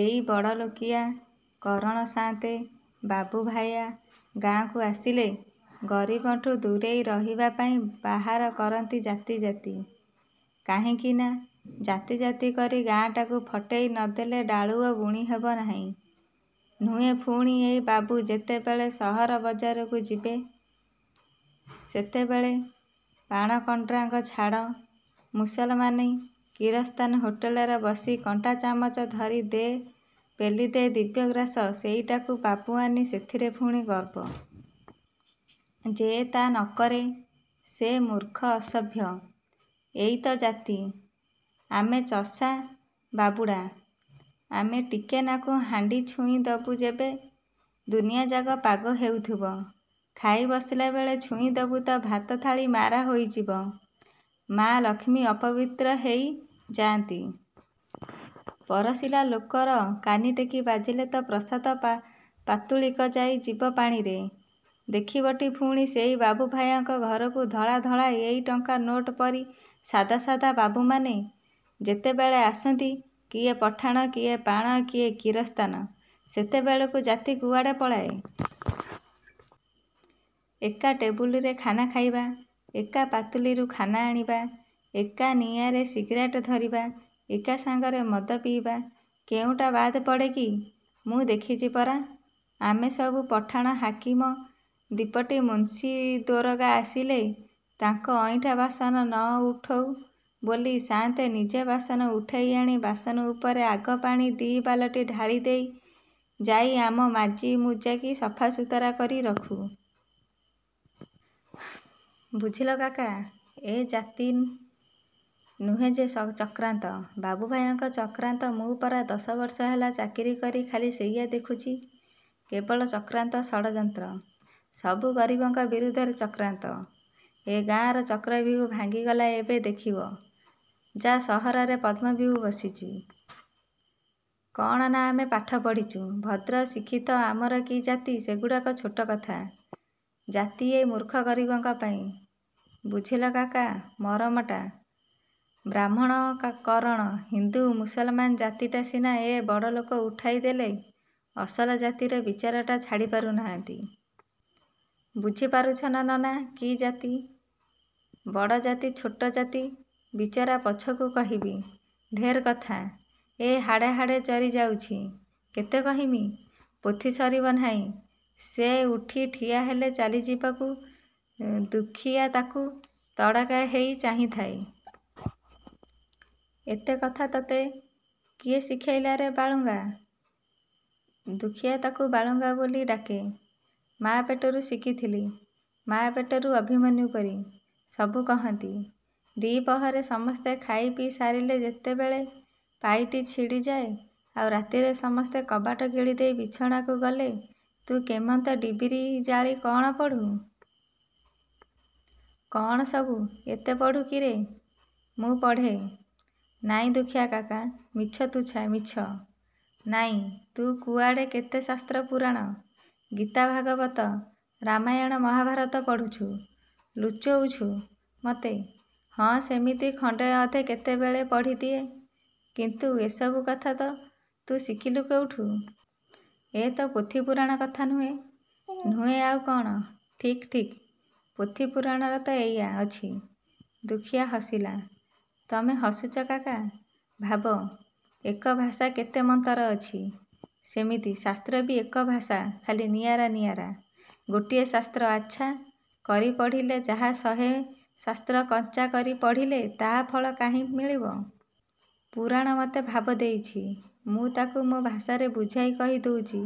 ଏଇ ବଡ଼ଲୋକିଆ, କରଣ ସାଆନ୍ତେ, ବାବୁଭାୟା ଗାଁକୁ ଆସିଲେ, ଗରିବଙ୍କଠୁ ଦୂରରେ ରହିବାପାଇଁ ବାହାର କରନ୍ତି ଜାତି ଜାତି। କାହିଁକିନା, ଜାତି ଜାତି କରି ଗାଁଟାକୁ ଫଟେଇ ନଦେଲେ ଡାଳୁଅ ବୁଣିହେବ ନାହିଁ। ନୁହେଁ ପୁଣି ଏଇ ବାବୁ ଯେତେବେଳେ ସହର ବଜାରକୁ ଯିବେ ସେତେବେଳେ ପାଣକଣ୍ଡରା ଛାଡ଼, ମୁସଲମାନ କିରସ୍ତାନ ହୋଟଲରେ ବସି କଣ୍ଟା ଚାମଚ ଧରି ଦେ' ପେଲି ଦେ ଦିବ୍ୟଗ୍ରାସ ସେଇଟା ବାବୁଆନି ସେଥିରେ ପୁଣି ଗର୍ବ। ଯେ ତା ନକରେ ସେ ମୂର୍ଖ ଅସଭ୍ୟ। ଏଇ ତ ଜାତି? ଆମେ ଚଷା ବାପୁଡ଼ା, ଆମେ ଟିକେନାକୁ ହାଣ୍ଡି ଛୁଇଁ ଦେବୁ ଯେବେ ଦୁନିଆଯାକ ପାଗ ହେଉଥିବ ଖାଇ ବସିବାବେଳେ ଛୁଇଁଦେବୁ ତ ଭାତ ଥାଳି ମାରା ହେଇଯିବ ମା ଲକ୍ଷ୍ମୀ ଅପବିତ୍ର ହେଇ ଯାଆନ୍ତି। ପରଷିଲା ଲୋକର କାନିଟିକେ ବାଜିଲା ତ ପ୍ରସାଦ ପାତୁଳିକଯାଇ ଯିବ ପାଣିରେ। ଦେଖିବଟି ପୁଣି ସେଇ ବାବୁଭାୟାଙ୍କ ଘରକୁ ଧଳା-ଧଳା ଏଇ ଟଙ୍କା ନୋଟ ପରି ସାଦା ସାଦା ବାବୁମାନେ ଯେତେବେଳେ ଆସନ୍ତି, କିଏ ପଠାଣ, କିଏ ପାଣ, କିଏ କିରସ୍ତାନ, ସେତେବେଳକୁ ଜାତି କୁଆଡ଼େ ପଳାଏ। ଏକା ଟେବୁଲରେ ଖାନା ଖାଇବା, ଏକା ପାତୁଲିରୁ ଖାନା ଆଣିବା, ଏକା ନିଆଁରେ ସିଗାରେଟ ଧରିବା, ଏକା ସାଙ୍ଗରେ ମଦ ପିଇବା କେଉଁଟା ବାଦ୍ ପଡ଼େ କି? ମୁଁ ଦେଖିଛି ପରା? ଆମେ ସବୁ ପଠାଣ ହାକିମ ଦିପଟି ମୁନ୍ସି ଦାରୋଗା ଆସିଲେ ତାଙ୍କ ଅଇଁଠା ବାସନ ନ ଉଠଉ ବୋଲି ସାଆନ୍ତ ନିଜେ ବାସନ ଉଠେଇ ଆଣି ବାସନ ଉପରେ ଆଗ ପାଣି ଦି ବାଲଟି ଢାଳିଦେଲେ ଯାଇ ଆମେ ମାଜି ମୁଜାକି ସଫା ସୁତୁରା କରି ରଖୁ। ବୁଝିଲ କକା। ଏ ଜାତି। ନୁହେଁ ଯେ ଚକ୍ରାନ୍ତ ବାବୁଭାୟାଙ୍କ ଚକ୍ରାନ୍ତ ମୁଁ ପରା ଦଶବର୍ଷ ହେଲା ଚାକିରି କରି ଖାଲି ସେଇଆ ଦେଖୁଚି। କେବଳ ଚକ୍ରାନ୍ତ ଷଡ଼ଯନ୍ତ୍ର। ସବୁ ଗରିବଙ୍କ ବିରୁଦ୍ଧରେ ଚକ୍ରାନ୍ତ। ଏ ଗାଁର ଚକ୍ରବ୍ୟୂହ ଭାଙ୍ଗିଗଲା ଏବେ ଦେଖିବ ଯା ସହରରେ ପଦ୍ମବ୍ୟୂହ ବସିଚି। କଣ ନା ଆମେ ପାଠ ପଢ଼ିଛୁ ଭଦ୍ର ଶିକ୍ଷିତ ଆମର କି ଜାତି ସେଗୁଡ଼ାକ ଛୋଟ କଥା। ଜାତି ଏଇ ମୂର୍ଖ ଗରିବଙ୍କ ପାଇଁ। ବୁଝିଲ କାକା ମରମଟା? ବ୍ରାହ୍ମଣ କରଣ, ହିନ୍ଦୁ ମୁସଲମାନ ଜାତିଟା ସିନା ଏ ବଡ଼ଲୋକ ଉଠେଇଦେଲେ ଅସଲ ଜାତିର ବିଚାରଟା ଛାଡ଼ି ପାରୁ ନାହାନ୍ତି। ବୁଝି ପାରୁଚ ନନା କି ଜାତି? ବଡ଼ ଜାତି ଛୋଟ ଜାତି ବିଚାର ପଛକୁ କହିବି, ଢେର୍ କଥା। ଏ ହାଡ଼େ ହାଡ଼େ ଜରି ଯାଉଛି କେତେ କହିବ? ପୋଥି ସରିବ ନାହିଁ। ସେ ଉଠି ଠିଆହେଲା ଚାଲି ଯିବାକୁ। ଦୁଃଖୀଆ ତାକୁ ତଡକା ହେଇ ଚାହିଁ ଥାଏ। ଏତେ କଥା ତୋତେ କିଏ ଶିଖେଇଲାରେ ବାଳୁଙ୍ଗା? ଦୁଃଖୀଆ ତାକୁ ବାଳୁଙ୍ଗା ବୋଲି ଡାକେ। ମା ପେଟରୁ ଶିଖିଥିଲି ମା ପେଟରୁ ଅଭିମନ୍ୟୁ ପରି। ସବୁ କହନ୍ତି, ଦିପହରେ ସମସ୍ତେ ଖାଇପିଇ ସାରିଲେ ଯେତେବେଳେ ପାଇଟି ଛିଡ଼ିଯାଏଁ, ଆଉ ରାତିରେ ସମସ୍ତେ କବାଟ କିଳିଦେଇ ବିଛଣାକୁ ଗଲେ ତୁ କେମନ୍ତେ ଡିବିରି ଜାଳି କଣ ପଢ଼ୁ। କଣ ସବୁ ଏତେ ପଢ଼ୁ କିରେ ମୁଁ ପଢ଼େ? ନାଇଁ ଦୁଃଖୀଆ କାକା ମିଛ ତୁଚ୍ଛା ମିଛ। ନାଇଁ, ତୁ କୁଆଡ଼େ କେତେ ଶାସ୍ତ୍ର ପୁରାଣ, ଗୀତା ଭାଗବତ, ରାମାୟଣ ମହାଭାରତ ପଢ଼ୁଛୁ। ଲୁଚଉଚୁ ମତେ। ହଁ ସେମିତି ଖଣ୍ଡେ ଅଧେ କେତେବେଳେ ପଢ଼ିଦିଏ। କିନ୍ତୁ ଏସବୁ କଥା ତ ତୁ ଶିଖିଲୁ କେଉଁଠୁ? ଏ ତ ପୋଥିପୁରାଣ କଥା ନୁହେଁ। ନୁହେଁ ଆଉ କଣ। ଠିକେଠିକେ ପୋଥିପୁରାଣରେ ତ ଏଇୟା ଅଛି। ଦୁଃଖୀଆ ହସିଲା। ତମେ ହସୁଛ କାକା? ଭାବ ଏକ ଭାଷା କେତେ ମତରେ ଅଛି। ସେମିତି ଶାସ୍ତ୍ରବି ଏକ ଭାଷା ଖାଲି ନିଆରା ନିଆରା। ଗୋଟିଏ ଶାସ୍ତ୍ର ଆଚ୍ଛା କରି ପଢ଼ିଲେ ଯାହା ଶହେ ଶାସ୍ତ୍ର କଞ୍ଚା କରି ପଢ଼ିଲେ ତା ଫଳ କାହୁଁ ମିଳିବ? ପୁରାଣ ମୋତେ ଭାବ ଦେଇଛି। ମୁଁ ତାକୁ ମୋ ଭାଷାରେ ବୁଝାଇ କହି ଦଉଚି।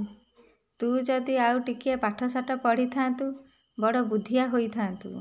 ତୁ ଯଦି ଆଉ ଟିକିଏ ପାଠଶାଠ ପଢ଼ିଥାନ୍ତୁ ବଡ଼ ବୁଦ୍ଧିଆ ହୋଇଥାନ୍ତୁ।